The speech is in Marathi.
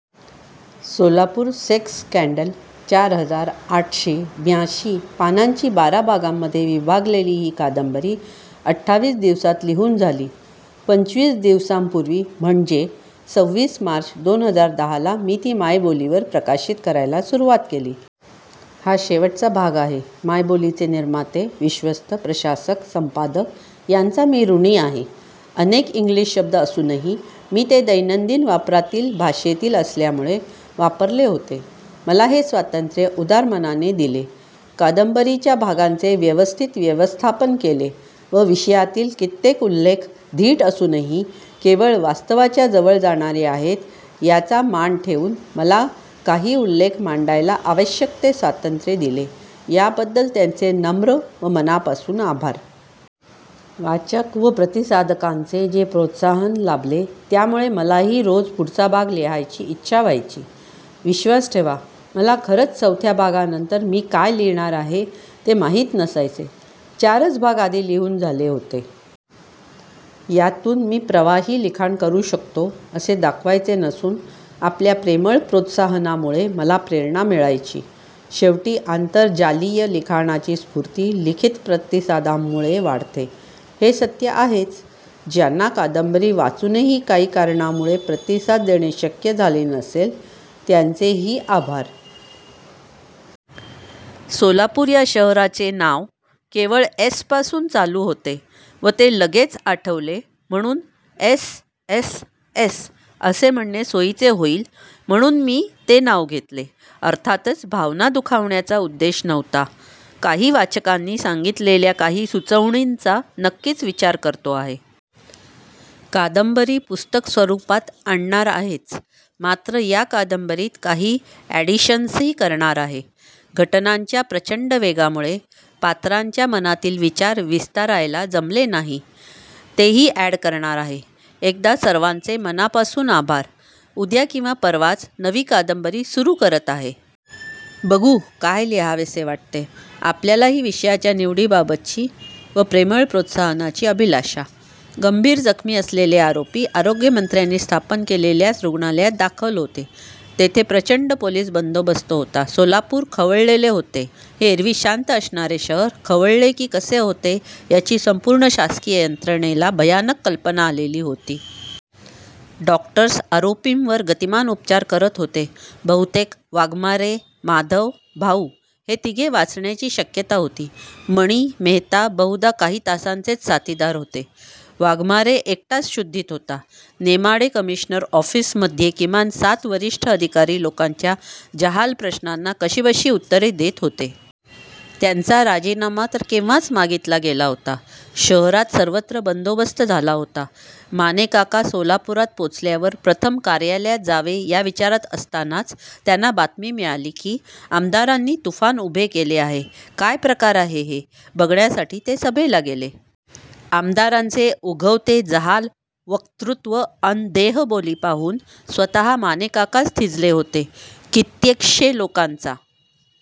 सोलापूर सेक्स स्कँडल चार हजार आटशे ब्यांशी पानांची बारा भागांमधे विभागलेली ही कादंबरी अठ्ठावीस दिवसात लिहून झाली. पंचवीस दिवसांपुर्वी, म्हणजे सवीस मार्च दोन हजार दहा ला मी ती मायबोलीवर प्रकाशित करायला सुरुवात केली. हा शेवटचा भाग आहे. मायबोलीचे निर्माते, विश्वस्त, प्रशासक, संपादक यांचा मी ऋणी आहे. अनेक इंग्लिश शब्द असूनही मी ते दैनंदिन वापरातील भाषेतील असल्यामुळे वापरले होते. मला हे स्वातंत्र्य उदार मनाने दिले, कादंबरीच्या भागांचे व्यवस्थित व्यवस्थापन केले व विषयातील कित्येक उल्लेख धीट असूनही केवळ वास्तवाच्या जवळ जाणारे आहेत याचा मान ठेवून मला काही उल्लेख मांडायला आवश्यक ते स्वातंत्र्य दिले याबद्दल त्यांचे नम्र व मनापासून आभार! वाचक व प्रतिसादकांचे जे प्रोत्साहन लाभले त्यामुळे मलाही रोज पुढचा भाग लिहायची इच्छा व्हायची. विश्वास ठेवा, मला खरच चवथ्या भागानंतर मी काय लिहिणार आहे ते माहीत नसायचे. चारच भाग आधी लिहून झाले होते.. यातून मी प्रवाही लिखाण करू शकतो असे दाखवायचे नसून आपल्या प्रेमळ प्रोत्साहनामुळे मला प्रेरणा मिळायची. शेवटी आंतरजालीय लिखाणाची स्फुर्ती लिखित प्रतिसादांमुळे वाढते हे सत्य आहेच. ज्यांना कादंबरी वाचूनही काही कारणामुळे प्रतिसाद देणे शक्य झाले नसेल त्यांचेही आभार! सोलापूर या शहराचे नाव केवळ 'एस' पासून चालू होते व ते लगेच आठवले म्हणून 'एस्. एस्. एस' असे म्हणणे सोयीचे होईल म्हणून मी ते नाव घेतले. अर्थातच भावना दुखावण्याचा उद्देश नव्हता. काही वाचकांनी सांगीतलेल्या काही सुचवणींचा नक्कीच विचार करतो आहे. कादंबरी पुस्तक स्वरुपात आणणार आहेच. मात्र या कादंबरीत काही ॲडिशन्सही करणार आहे. घटनांच्या प्रचंड वेगामुळे पात्रांच्या मनातील विचार विस्तारायला जमले नाही. तेही ॲड करणार आहे. एकदा सर्वांचे मनापासून आभार! उद्या किंवा परवाच नवी कादंबरी सुरू करत आहे. बघू काय लिहावेसे वाटते. आपल्याही विषयाच्या निवडीबाबतची व प्रेमळ प्रोत्साहनाची अभिलाषा! गंभीर जखमी असलेले आरोपी आरोग्यमंत्र्यांनी स्थापन केलेल्याच रुग्णालयात दाखल होते. तेथे प्रचंड पोलिस बंदोबस्त होता. सोलापूर खवळलेले होते. हे एरवी शांत असणारे शहर खवळले की कसे होते याची संपूर्ण शासकीय यंत्रणेला भयानक कल्पना आलेली होती. डॊक्टर्स आरोपींवर गतिमान उपचार करत होते. बहुतेक वाघमारे, माधव, भाऊ हे तिघे वाचण्याची शक्यता होती. मणी, मेहता बहुधा काही तासांचेच साथीदार होते. वाघमारे एकटाच शुद्धीत होता. नेमाडे कमिशनर ऒफ़ीसमधे किमान सात वरिष्ठ अधिकारी लोकांच्या जहाल प्रश्नांना कशीबशी उत्तरे देत होते. त्यांचा राजीनामा तर केव्हाच मागीतला गेला होता. शहरात सर्वत्र बंदोबस्त झाला होता. मानेकाका सोलापुरात पोचल्यावर प्रथम कार्यालयात जावे या विचारात असतानाच त्यांना बातमी मिळाली की आमदारांनी तुफ़ान उभे केले आहे. काय प्रकार आहे हे बघण्यासाठी ते सभेला गेले. आमदारांचे ओघवते जहाल वक्तृत्व अन देहबोली पाहून स्वत: मानेकाकाच थिजले होते. कित्येकशे लोकांचा